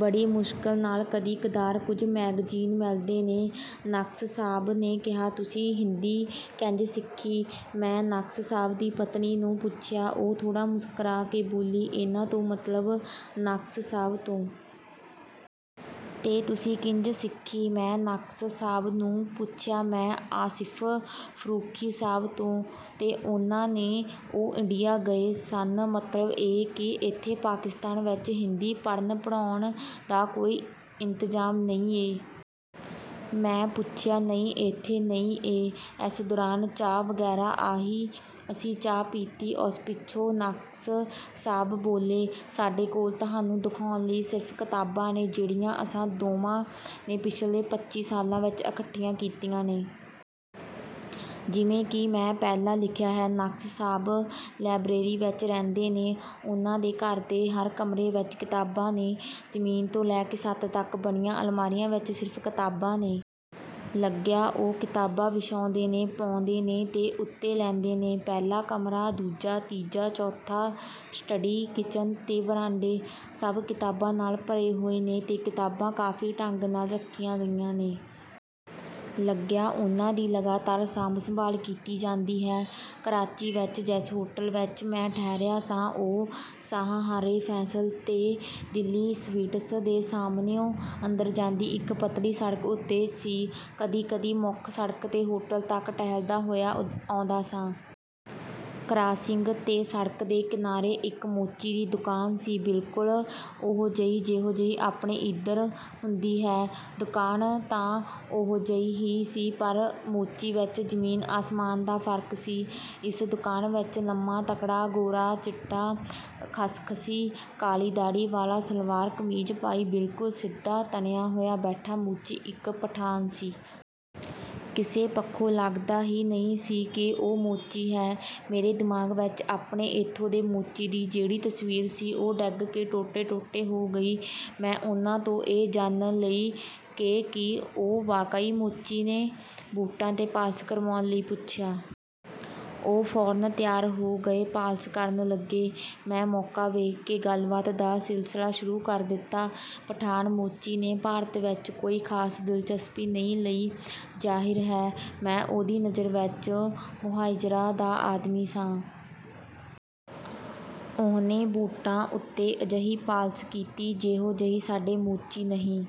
ਬੜੀ ਮੁਸ਼ਕਲ ਨਾਲ ਕਦੀ-ਕਦਾਰ ਕੁਝ ਮੈਗਜ਼ੀਨ ਮਿਲਦੇ ਨੇ।” ਨਕਸ਼ ਸਾਹਬ ਨੇ ਕਿਹਾ। “ਤੁਸੀਂ ਹਿੰਦੀ ਕਿੰਜ ਸਿੱਖੀ?” ਮੈਂ ਨਕਸ਼ ਸਾਹਬ ਦੀ ਪਤਨੀ ਨੂੰ ਪੁੱਛਿਆ। ਉਹ ਥੋੜ੍ਹਾ ਮੁਸਕੁਰਾ ਕੇ ਬੋਲੀ, “ਇਹਨਾਂ ਤੋਂ।” ਮਤਲਬ ‘ਨਕਸ਼’ ਸਾਹਬ ਤੋਂ। “ਤੇ ਤੁਸੀਂ ਕਿੰਜ ਸਿੱਖੀ?” ਮੈਂ ‘ਨਕਸ਼’ ਸਾਹਬ ਨੂੰ ਪੁੱਛਿਆ। “ਮੈਂ... ਆਸਿਫ ਫ਼ਰੂਖੀ ਸਾਹਬ ਤੋਂ।” “ਤੇ ਉਹਨਾਂ ਨੇ?” “ਉਹ ਇੰਡੀਆ ਗਏ ਸਨ...” “ਮਤਲਬ ਇਹ ਕਿ ਇੱਥੇ ਪਾਕਿਸਤਾਨ ਵਿਚ ਹਿੰਦੀ ਪੜ੍ਹਨ/ਪੜ੍ਹਾਉਣ ਦਾ ਕੋਈ ਇੰਤਜ਼ਾਮ ਨਹੀਂ ਏ...” ਮੈਂ ਪੁੱਛਿਆ। “ਨਹੀਂ, ਇੱਥੇ ਨਹੀਂ ਏ।” ਇਸ ਦੌਰਾਨ ਚਾਹ ਵਗੈਰਾ ਆਈ। ਅਸੀਂ ਚਾਹ ਪੀਤੀ। ਉਸ ਪਿੱਛੋਂ ‘ਨਕਸ਼’ ਸਾਹਬ ਬੋਲੇ, “ਸਾਡੇ ਕੋਲ ਤੁਹਾਨੂੰ ਦਿਖਾਉਣ ਲਈ ਸਿਰਫ਼ ਕਿਤਾਬਾਂ ਨੇ... ਜਿਹੜੀਆਂ ਅਸਾਂ ਦੋਵਾਂ ਨੇ ਪਿਛਲੇ ਪੱਚੀ ਸਾਲਾਂ ਵਿਚ ਇਕੱਠੀਆਂ ਕੀਤੀਆਂ ਨੇ।” ਜਿਵੇਂ ਕਿ ਮੈਂ ਪਹਿਲਾਂ ਲਿਖਿਆ ਹੈ, ਨਕਸ਼ ਸਾਹਬ ਲਾਇਬਰੇਰੀ ਵਿਚ ਰਹਿੰਦੇ ਨੇ। ਉਹਨਾਂ ਦੇ ਘਰ ਦੇ ਹਰ ਕਮਰੇ ਵਿਚ ਕਿਤਾਬਾਂ ਨੇ। ਜ਼ਮੀਨ ਤੋਂ ਲੈ ਕੇ ਛੱਤ ਤਕ ਬਣੀਆਂ ਅਲਮਾਰੀਆਂ ਵਿਚ ਸਿਰਫ਼ ਕਿਤਾਬਾਂ ਨੇ। ਲੱਗਿਆ ਉਹ ਕਿਤਾਬਾਂ ਵਿਛਾਉਂਦੇ ਨੇ, ਪਾਉਂਦੇ ਨੇ ਤੇ ਉੱਤੇ ਲੈਂਦੇ ਨੇ। ਪਹਿਲਾ ਕਮਰਾ, ਦੂਜਾ, ਤੀਜਾ, ਚੌਥਾ, ਸਟਡੀ, ਕਿਚਨ ਤੇ ਵਰਾਂਡੇ, ਸਭ ਕਿਤਾਬਾਂ ਨਾਲ ਭਰੇ ਹੋਏ ਨੇ। ਤੇ ਕਿਤਾਬਾਂ ਕਾਫ਼ੀ ਢੰਗ ਨਾਲ ਰੱਖੀਆਂ ਗਈਆਂ ਨੇ। ਲੱਗਿਆ ਉਹਨਾਂ ਦੀ ਲਗਾਤਾਰ ਸਾਂਭ-ਸੰਭਾਲ ਕੀਤੀ ਜਾਂਦੀ ਹੈ। ਕਰਾਚੀ ਵਿਚ ਜਿਸ ਹੋਟਲ ਵਿਚ ਮੈਂ ਠਹਿਰਿਆ ਸਾਂ, ਉਹ ਸ਼ਾਹਰਾਹੇ ਫੈਸਲ ’ਤੇ ‘ਦਿੱਲੀ ਸਵੀਟਸ’ ਦੇ ਸਾਹਮਣਿਓਂ ਅੰਦਰ ਜਾਂਦੀ ਇਕ ਪਤਲੀ ਸੜਕ ਉੱਤੇ ਸੀ। ਕਦੀ-ਕਦੀ ਮੁੱਖ ਸੜਕ ਤੋਂ ਹੋਟਲ ਤਕ ਟਹਿਲਦਾ ਹੋਇਆ ਆਉਂਦਾ ਸਾਂ। ਕਰਾਸਿੰਗ ’ਤੇ ਸੜਕ ਦੇ ਕਿਨਾਰੇ ਇਕ ਮੋਚੀ ਦੀ ਦੁਕਾਨ ਸੀ। ਬਿਲਕੁਲ ਓਹੋ-ਜਿਹੀ ਜਿਹੋ-ਜਿਹੀ ਆਪਣੇ ਇਧਰ ਹੁੰਦੀ ਹੈ। ਦੁਕਾਨ ਤਾਂ ਓਹੋ-ਜਿਹੀ ਹੀ ਸੀ, ਪਰ ਮੋਚੀ ਵਿਚ ਜ਼ਮੀਨ-ਆਸਮਾਨ ਦਾ ਫ਼ਰਕ ਸੀ। ਇਸ ਦੁਕਾਨ ਵਿਚ ਲੰਮਾ-ਤਕੜਾ, ਗੋਰਾ-ਚਿੱਟਾ, ਖਸ਼ਖਸ਼ੀ ਕਾਲੀ ਦਾੜ੍ਹੀ ਵਾਲਾ, ਸਲਵਾਰ ਕਮੀਜ਼ ਪਾਈ, ਬਿਲਕੁਲ ਸਿੱਧਾ ਤਣਿਆ ਹੋਇਆ ਬੈਠਾ ਮੋਚੀ ਇਕ ਪਠਾਨ ਸੀ। ਕਿਸੇ ਪੱਖੋਂ ਲੱਗਦਾ ਹੀ ਨਹੀਂ ਸੀ ਕਿ ਉਹ ਮੋਚੀ ਹੈ। ਮੇਰੇ ਦਿਮਾਗ਼ ਵਿਚ ਆਪਣੇ ਏਥੋਂ ਦੇ ਮੋਚੀ ਦੀ ਜਿਹੜੀ ਤਸਵੀਰ ਸੀ, ਉਹ ਡਿੱਗ ਕੇ ਟੋਟੇ-ਟੋਟੇ ਹੋ ਗਈ। ਮੈਂ ਉਹਨਾਂ ਤੋਂ ਇਹ ਜਾਣਨ ਲਈ ਕਿ ਕੀ ਉਹ ਵਾਕਈ ਮੋਚੀ ਨੇ, ਬੂਟਾਂ ’ਤੇ ਪਾਲਸ਼ ਕਰਵਾਉਣ ਲਈ ਪੁੱਛਿਆ। ਉਹ ਫ਼ੌਰਨ ਤਿਆਰ ਹੋ ਗਏ। ਪਾਲਸ਼ ਕਰਨ ਲੱਗੇ। ਮੈਂ ਮੌਕਾ ਵੇਖ ਕੇ ਗੱਲਬਾਤ ਦਾ ਸਿਲਸਿਲਾ ਸ਼ੁਰੂ ਕਰ ਦਿੱਤਾ। ਪਠਾਨ ਮੋਚੀ ਨੇ ਭਾਰਤ ਵਿਚ ਕੋਈ ਖਾਸ ਦਿਲਚਸਪੀ ਨਹੀਂ ਲਈ। ਜ਼ਾਹਿਰ ਹੈ, ਮੈਂ ਉਹਦੀ ਨਜ਼ਰ ਵਿਚ ਮੋਹਾਜਿਰਾਂ ਦਾ ਆਦਮੀ ਸਾਂ। ਉਹਨੇ ਬੂਟਾਂ ਉੱਤੇ ਅਜਿਹੀ ਪਾਲਸ਼ ਕੀਤੀ, ਜਿਹੋ-ਜਿਹੀ ਸਾਡੇ ਮੋਚੀ ਨਹੀਂ..